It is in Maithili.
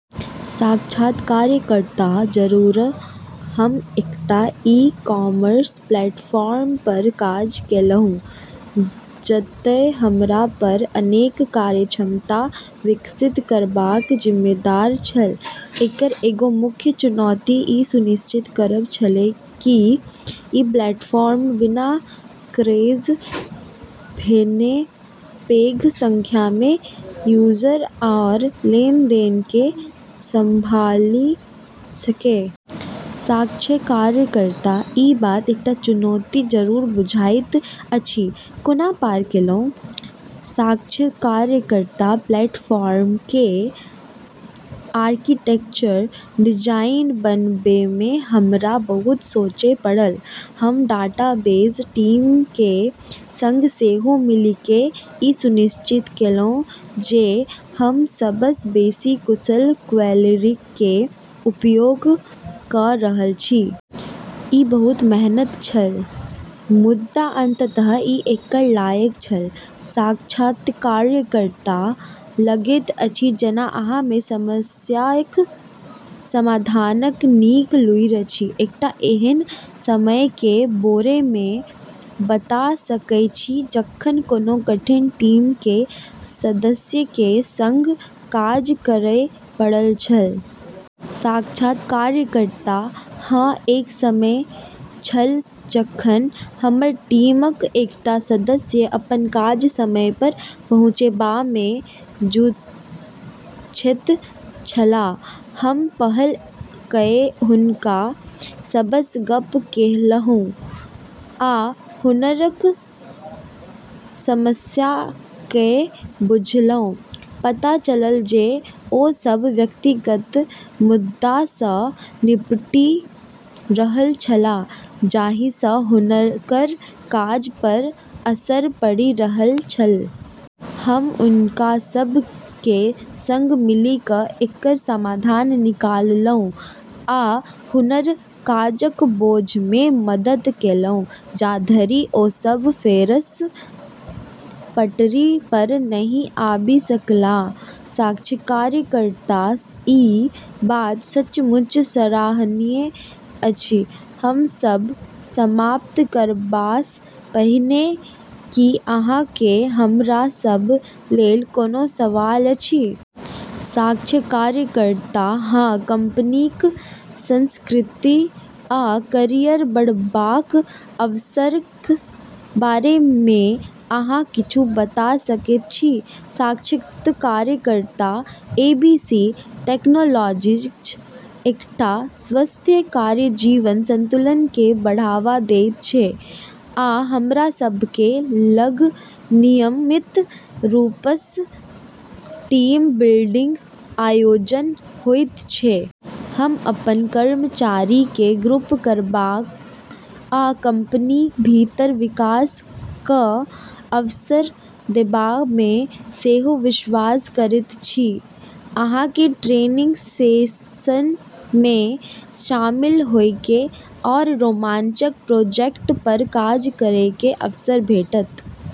साक्षात्कारकर्ता: जरूर। हम एकटा ई-कॉमर्स प्लेटफॉर्म पर काज केलहुँ, जतय हमरा पर अनेक कार्यक्षमता विकसित करबाक जिम्मेदारी छल। एकर एगो मुख्य चुनौती ई सुनिश्चित करब छलै कि ई प्लेटफॉर्म बिना क्रैश भेने पैघ संख्यामे यूजर आओर लेनदेनके संभालि सकै । साक्षात्कारकर्ता: ई बात एकटा चुनौती जरूर बुझाइत अछि। कोना पार केलहुँ? साक्षात्कारकर्ता: प्लेटफार्मके आर्किटेक्चरके डिजाइन बनबैमे हमरा बहुत सोचय पड़ल। हम डाटाबेस टीमके सङ्ग सेहो मिलिके ई सुनिश्चित केलहुँ जे हम सबसँ बेसी कुशल क्वेरीके उपयोग क' रहल छी । ई बहुत मेहनत छल, मुदा अंततः, ई एकर लायक छल। साक्षात्कारकर्ता: लगैत अछि जेना अहाँमे समस्याक समाधानक नीक लूरि अछि। एकटा एहन समयके बारेमे बता सकय छी जखन कोनो कठिन टीमके सदस्यके सङ्ग काज करय पड़ल छल? साक्षात्कारकर्ता: हँ, एक समय छल जखन हमर टीमक एकटा सदस्य अपन काज समय पर पहुँचेबामे जूझैत छलाह। हम पहल कए हुनका सबसँ गप केलहुँ आ हुनकर समस्या कए बुझलहुँ । पता चलल जे ओ सब व्यक्तिगत मुद्दासँ निपटि रहल छलाह जाहिसँ हुनकर काज पर असर पड़ि रहल छल। हम हुनका सबके सङ्ग मिलि क' एकर समाधान निकाललहुँ आ हुनकर काजक बोझमे मदद केलहुँ जा धरि ओ सब फेरसँ पटरी पर नहि आबि सकलाह। साक्षात्कारकर्ता: ई बात सचमुच सराहनीय अछि! हम सब समाप्त करबासँ पहिने की अहाँके हमरा सब लेल कोनो सवाल अछि? साक्षात्कारकर्ता: हँ, कंपनीक संस्कृति आ कैरियर बढ़बाक अवसरक बारेमे अहाँ किछु बता सकैत छी? साक्षात्कारकर्ता: एबीसी टेक्नोलॉजीज एकटा स्वस्थ कार्य-जीवन संतुलनके बढ़ावा दैत छै, आ हमरा सबके लग नियमित रूपसँ टीम-बिल्डिंग आयोजन होइत छै । हम अपन कर्मचारीके ग्रूम करबा आ कंपनीक भीतर विकास क' अवसर देबामे सेहो विश्वास करैत छी। अहाँके ट्रेनिंग सेशनमे शामिल होइके आओर रोमांचक प्रोजेक्ट पर काज करैके अवसर भेटत ।